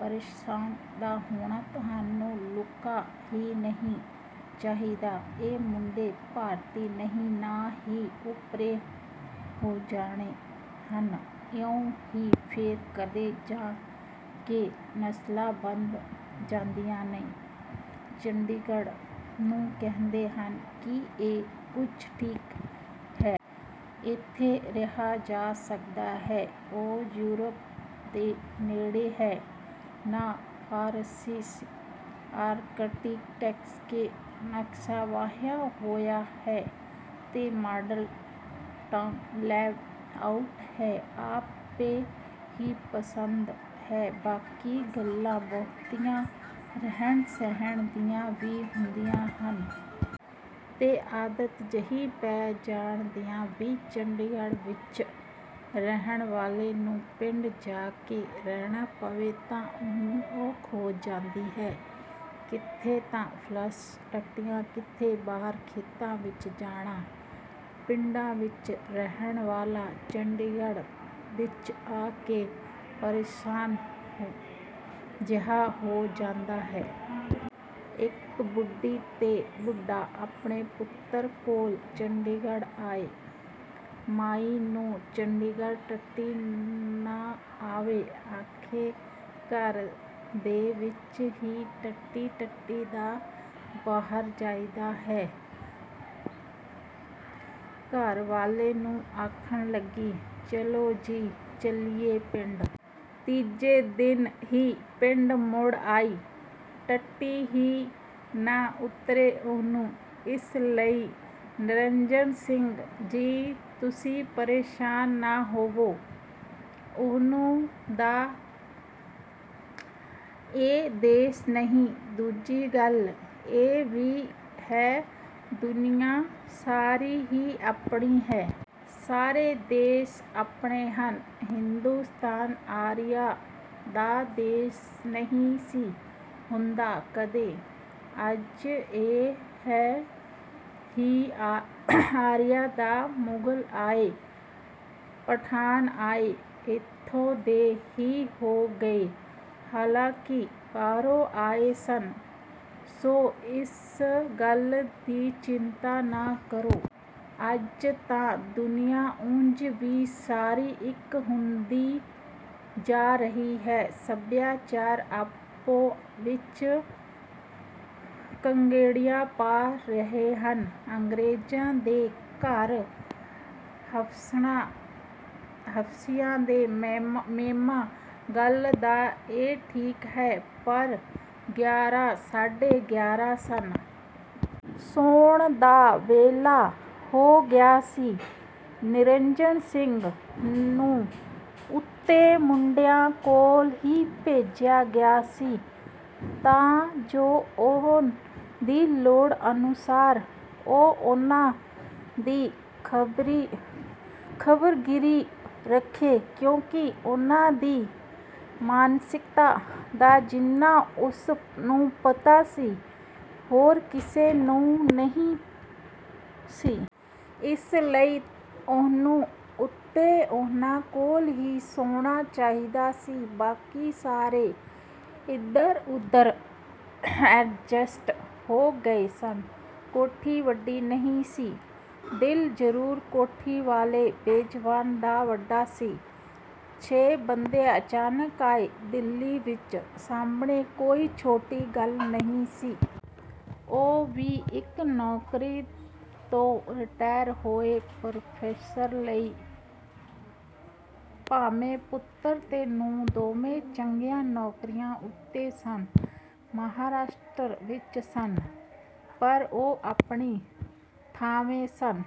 ਪ੍ਰੇਸ਼ਾਨ ਤਾਂ ਹੋਣਾ ਤੁਹਾਨੂੰ ਉਕਾ ਹੀ ਨਹੀਂ ਚਾਹੀਦਾ। ਇਹ ਮੁੰਡੇ ਭਾਰਤੀ ਨਹੀਂ, ਨਾ ਹੀ ਓਪਰੇ ਹੋ ਜਾਣੇ ਹਨ। ਇਉਂ ਹੀ ਫੇਰ ਕਦੇ ਜਾ ਕੇ ਨਸਲਾਂ ਬਦਲ ਜਾਂਦੀਆਂ ਹਨ। " "ਚੰਡੀਗੜ੍ਹ ਨੂੰ ਕਹਿੰਦੇ ਹਨ ਕਿ ਹਾਂ ਇਹ ਕੁਝ ਠੀਕ ਹੈ। ਏਥੇ ਰਿਹਾ ਜਾ ਸਕਦਾ ਹੈ। " "ਉਹ ਯੂਰਪ ਦੇ ਨੇੜੇ ਹੈ ਨਾ। ਫ਼ਰਾਂਸੀਸੀ ਆਰਕੀਟੈਕਟ ਨੇ ਨਕਸ਼ਾ ਵਾਹਿਆ ਹੋਇਆ ਹੈ ਤੇ ਮਾਡਰਨ ਲੇਅ ਆਊਟ ਹੈ। ਆਪੇ ਹੀ ਪਸੰਦ ਹੈ। ਬਾਕੀ ਗੱਲਾਂ ਬਹੁਤੀਆਂ ਰਹਿਣ-ਸਹਿਣ ਦੀਆਂ ਵੀ ਹੁੰਦੀਆਂ ਹਨ। ਤੇ ਆਦਤ ਜਿਹੀ ਪੈ ਜਾਣ ਦੀਆਂ ਵੀ। ਚੰਡੀਗੜ੍ਹ ਵਿਚ ਰਹਿਣ ਵਾਲੇ ਨੂੰ ਪਿੰਡ ਜਾ ਕੇ ਰਹਿਣਾ ਪਵੇ ਤਾਂ ਉਹਨੂੰ ਔਖ ਹੋ ਜਾਂਦੀ ਹੈ। ਕਿਥੇ ਤਾਂ ਫਲਸ਼ ਟੱਟੀਆਂ, ਕਿਥੇ ਬਾਹਰ ਖੇਤਾਂ ਵਿਚ ਜਾਣਾ। ਪਿੰਡਾਂ ਵਿਚ ਰਹਿਣ ਵਾਲਾ ਵੀ ਚੰਡੀਗੜ੍ਹ ਵਿਚ ਆ ਕੇ ਪ੍ਰੇਸ਼ਾਨ ਜਿਹਾ ਹੋ ਜਾਂਦਾ ਹੈ। ਇਕ ਬੁੱਢੀ ਤੇ ਬੁੱਢਾ ਆਪਣੇ ਪੁੱਤਰ ਕੋਲ ਚੰਡੀਗੜ੍ਹ ਆਏ। ਮਾਈ ਨੂੰ ਚੰਡੀਗੜ੍ਹ ਟੱਟੀ ਨਾ ਆਵੇ। ਅਖੇ ਘਰ ਦੇ ਵਿਚ ਹੀ ਟੱਟੀ? ਟੱਟੀ ਤਾਂ ਬਾਹਰ ਜਾਈਦਾ ਹੈ। ਘਰ ਵਾਲੇ ਨੂੰ ਆਖਣ ਲੱਗੀ, "ਚੱਲੋ ਜੀ, ਚੱਲੀਏ ਪਿੰਡ। " ਤੀਜੇ ਦਿਨ ਹੀ ਪਿੰਡ ਮੁੜ ਆਈ। ਟੱਟੀ ਹੀ ਨਾ ਉਤਰੇ ਉਹਨੂੰ। ਇਸ ਲਈ ਨਿਰੰਜਨ ਸਿੰਘ ਜੀ, ਤੁਸੀਂ ਪ੍ਰੇਸ਼ਾਨ ਨਾ ਹੋਵੋ। ਉਹਨਾਂ ਦਾ ਇਹ ਦੇਸ਼ ਨਹੀਂ। ਦੂਜੀ ਗੱਲ ਇਹ ਵੀ ਹੈ, ਦੁਨੀਆਂ ਸਾਰੀ ਹੀ ਆਪਣੀ ਹੈ। ਸਾਰੇ ਦੇਸ਼ ਆਪਣੇ ਹਨ। ਹਿੰਦੁਸਤਾਨ ਆਰੀਆਂ ਦਾ ਦੇਸ਼ ਨਹੀਂ ਸੀ ਹੁੰਦਾ ਕਦੇ, ਅੱਜ ਇਹ ਹੈ ਹੀ ਆਰੀਆਂ ਦਾ। ਮੁਗਲ ਆਏ, ਪਠਾਨ ਆਏ, ਏਥੋਂ ਦੇ ਹੀ ਹੋ ਗਏ। ਹਾਲਾਂਕਿ ਬਾਹਰੋਂ ਆਏ ਸਨ। ਸੋ ਇਸ ਗੱਲ ਦੀ ਚਿੰਤਾ ਨਾ ਕਰੋ। ਅੱਜ ਤਾਂ ਦੁਨੀਆਂ ਉਂਝ ਵੀ ਸਾਰੀ ਇਕ ਹੁੰਦੀ ਜਾ ਰਹੀ ਹੈ। ਸੱਭਿਆਚਾਰ ਆਪੋ ਵਿਚ ਕਰੰਗੜੀਆਂ ਪਾ ਰਹੇ ਹਨ। ਅੰਗਰੇਜ਼ਾਂ ਦੇ ਘਰ ਹਬਸ਼ਣਾਂ, ਹਬਸ਼ੀਆਂ ਦੇ ਮੇਮਾਂ। " "ਗੱਲ ਤਾਂ ਇਹ ਠੀਕ ਹੈ, ਪਰ…. " ਗਿਆਰਾਂ ਸਾਢੇ ਗਿਆਰ੍ਹਾਂ ਸਨ। ਸੌਣ ਦਾ ਵੇਲਾ ਹੋ ਗਿਆ ਸੀ। ਨਿਰੰਜਣ ਸਿੰਘ ਨੂੰ ਉਤੇ ਮੁੰਡਿਆਂ ਕੋਲ ਹੀ ਭੇਜਿਆ ਗਿਆ ਸੀ ਤਾਂ ਜੋ ਉਹਨ ਦੀ ਲੋੜ ਅਨੁਸਾਰ ਉਹ ਉਹਨਾਂ ਦੀ ਖਬਰਗੀਰੀ ਰੱਖੇ ਕਿਉਂਕਿ ਉਹਨਾਂ ਦੀ ਮਾਨਸਿਕਤਾ ਦਾ ਜਿੰਨਾ ਉਸ ਨੂੰ ਪਤਾ ਸੀ, ਹੋਰ ਕਿਸੇ ਨੂੰ ਨਹੀਂ ਸੀ। ਇਸ ਲਈ ਉਹਨੂੰ ਉਤੇ ਉਹਨਾਂ ਕੋਲ ਹੀ ਸੌਣਾ ਚਾਹੀਦਾ ਸੀ। ਬਾਕੀ ਸਾਰੇ ਏਧਰ-ਉਧਰ ਐਡਜਸਟ ਹੋ ਗਏ ਸਨ। ਕੋਠੀ ਵੱਡੀ ਨਹੀਂ ਸੀ, ਦਿਲ ਜਰੂਰ ਕੋਠੀ ਵਾਲੇ ਮੇਜ਼ਬਾਨ ਦਾ ਵੱਡਾ ਸੀ। ਛੇ ਬੰਦੇ ਅਚਾਨਕ ਆਏ ਦਿੱਲੀ ਵਿਚ ਸਾਂਭਣੇ ਕੋਈ ਛੋਟੀ ਗੱਲ ਨਹੀਂ ਸੀ। ਉਹ ਵੀ ਇਕ ਨੌਕਰੀ ਤੋਂ ਰਿਟਾਇਰ ਹੋਏ ਪ੍ਰੋਫੈਸਰ ਲਈ। ਭਾਵੇਂ ਪੁੱਤਰ ਤੇ ਨੂੰਹ ਦੋਵੇਂ ਚੰਗੀਆਂ ਨੌਕਰੀਆਂ ਉਤੇ ਸਨ ਜੋ ਮਹਾਂਰਾਸ਼ਟਰ ਵਿਚ ਸਨ ਪਰ ਉਹ ਆਪਣੀ ਥਾਵੇਂ ਸਨ।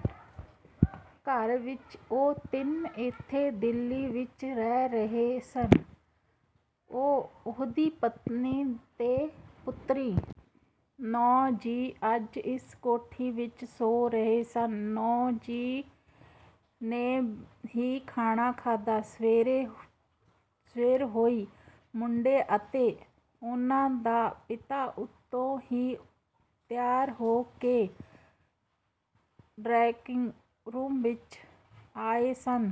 ਘਰ ਵਿਚ ਉਹ ਤਿੰਨ ਇੱਥੇ ਦਿੱਲੀ ਵਿਚ ਰਹਿ ਰਹੇ ਸਨ, ਉਹ, ਉਹਦੀ ਪਤਨੀ, ਤੇ ਪੁੱਤਰੀ। ਨੌਂ ਜੀਅ ਅੱਜ ਇਸ ਕੋਠੀ ਵਿਚ ਸੌਂ ਰਹੇ ਸਨ। ਨੌਆਂ ਨੇ ਹੀ ਖਾਣਾ ਖਾਧਾ। ਸਵੇਰ ਹੋਈ। ਮੁੰਡੇ ਅਤੇ ਉਹਨਾਂ ਦਾ ਪਿਤਾ ਉਤੋਂ ਹੀ ਤਿਆਰ ਹੋ ਕੇ ਡਰਾਇੰਗ ਰੂਮ ਵਿਚ ਆਏ ਸਨ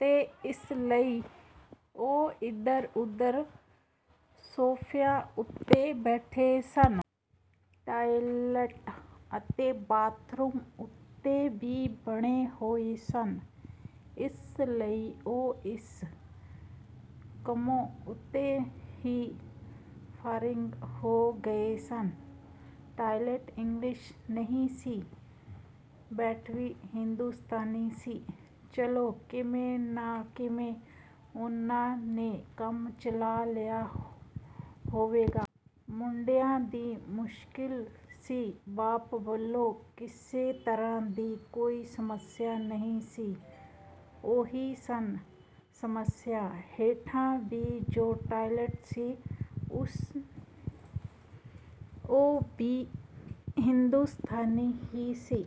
ਤੇ ਇਸ ਸਮੇਂ ਉਹ ਏਧਰ-ਉਧਰ ਸੋਫ਼ਿਆਂ ਉਤੇ ਬੈਠੇ ਸਨ। ਟਾਇਲਟ ਅਤੇ ਬਾਥਰੂਮ ਉਤੇ ਵੀ ਬਣੇ ਹੋਏ ਸਨ। ਇਸ ਲਈ ਉਹ ਇਸ ਕੰਮੋਂ ਉਤੇ ਹੀ ਫ਼ਾਰਿਗ ਹੋ ਗਏ ਸਨ। ਟਾਇਲਟ ਇੰਗਲਿਸ਼ ਨਹੀਂ ਸੀ, ਬੈਠਵੀਂ ਹਿੰਦੂਸਤਾਨੀ ਸੀ। ਚਲੋ, ਕਿਵੇਂ ਨਾ ਕਿਵੇਂ ਉਹਨਾਂ ਨੇ ਕੰਮ ਚਲਾ ਲਿਆ ਹੋਵੇਗਾ। ਮੁੰਡਿਆਂ ਦੀ ਹੀ ਮੁਸ਼ਕਿਲ ਸੀ। ਬਾਪ ਵਲੋਂ ਕਿਸੇ ਤਰ੍ਹਾਂ ਦੀ ਕੋਈ ਸਮੱਸਿਆ ਨਹੀਂ ਸੀ। ਉਹੀ ਸਨ ਸਮੱਸਿਆ। ਹੇਠਾਂ ਵੀ ਜੋ ਟਾਇਲਟ ਸੀ, ਉਹ ਵੀ ਹਿੰਦੂਸਤਾਨੀ ਹੀ ਸੀ।